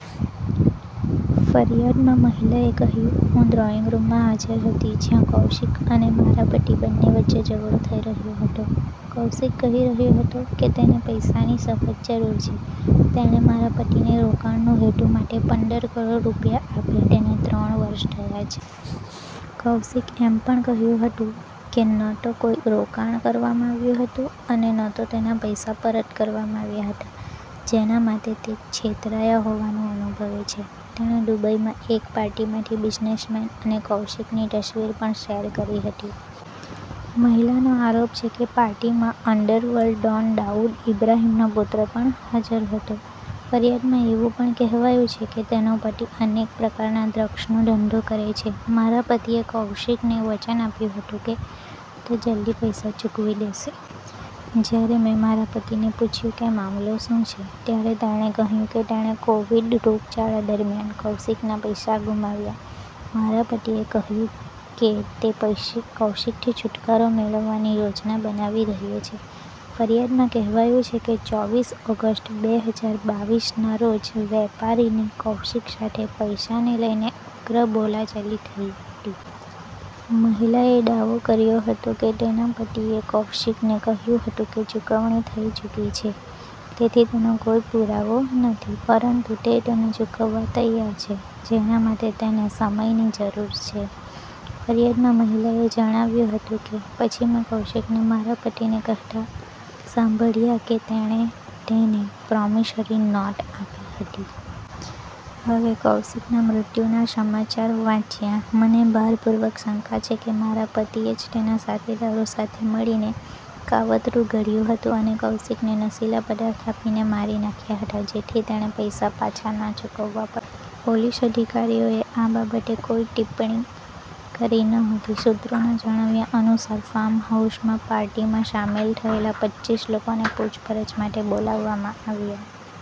ફરિયાદમાં મહિલાએ કહ્યું- હું ડ્રોઈંગ રૂમમાં હાજર હતી જ્યાં કૌશિક અને મારા પતિ બંને વચ્ચે ઝઘડો થઈ રહ્યો હતો. કૌશિક કહી રહ્યો હતો કે તેને પૈસાની સખત જરૂર છે. તેણે મારા પતિને રોકાણના હેતુ માટે પંદર કરોડ રૂપિયા આપ્યા તેને ત્રણ વર્ષ થયા છે. કૌશિકે એમ પણ કહ્યું હતું કે, ન તો કોઈ રોકાણ કરવામાં આવ્યું હતું અને ન તો તેના પૈસા પરત કરવામાં આવ્યા હતા, જેના માટે તે છેતરાયા હોવાનું અનુભવે છે. તેણે દુબઈમાં એક પાર્ટીમાંથી બિઝનેસમેન અને કૌશિકની તસવીર પણ શેર કરી હતી. મહિલાનો આરોપ છે કે, પાર્ટીમાં અંડરવર્લ્ડ ડોન દાઉદ ઈબ્રાહિમનો પુત્ર પણ હાજર હતો. ફરિયાદમાં એવું પણ કહેવાયું છે કે, તેનો પતિ અનેક પ્રકારના ડ્રગ્સનો ધંધો કરે છે. મારા પતિએ કૌશિકને વચન આપ્યું હતું કે તે જલ્દી પૈસા ચૂકવી દેશે. જ્યારે મેં મારા પતિને પૂછ્યું કે મામલો શું છે, ત્યારે તેણે કહ્યું કે તેણે કોવિડ રોગચાળા દરમિયાન કૌશિકના પૈસા ગુમાવ્યા. મારા પતિએ કહ્યું કે તે કૌશિકથી છૂટકારો મેળવવાની યોજના બનાવી રહ્યો છે. ફરિયાદમાં કહેવાયું છે કે, ચોવીસ ઓગસ્ટ બે હજાર બાવીસના રોજ વેપારીની કૌશિક સાથે પૈસાને લઈને ઉગ્ર બોલાચાલી થઈ હતી. મહિલાએ દાવો કર્યો હતો કે તેના પતિએ કૌશિકને કહ્યું હતું કે ચૂકવણી થઈ ચૂકી છે, તેથી તેનો કોઈ પુરાવો નથી, પરંતુ તે તેને ચૂકવવા તૈયાર છે, જેના માટે તેને સમયની જરૂર છે. ફરિયાદમાં મહિલાએ જણાવ્યું હતું કે, "પછી મેં કૌશિકને મારા પતિને કહેતા સાંભળ્યા કે તેણે તેને પ્રોમિસરી નોટ આપી હતી. હવે કૌશિકના મૃત્યુના સમાચાર વાંચ્યા. મને ભારપૂર્વક શંકા છે કે મારા પતિએ જ તેના સાથીદારો સાથે મળીને કાવતરું ઘડ્યું હતું અને કૌશિકને નશીલા પદાર્થ આપીને મારી નાખ્યા હતા. જેથી તેણે પૈસા પાછા ન ચૂકવવા પડે. પોલીસ અધિકારીઓએ આ બાબતે કોઈ ટિપ્પણી કરી ન હતી. સૂત્રોના જણાવ્યા અનુસાર ફાર્મહાઉસમાં પાર્ટીમાં સામેલ થયેલા પચ્ચીસ લોકોને પૂછપરછ માટે બોલાવવામાં આવશે.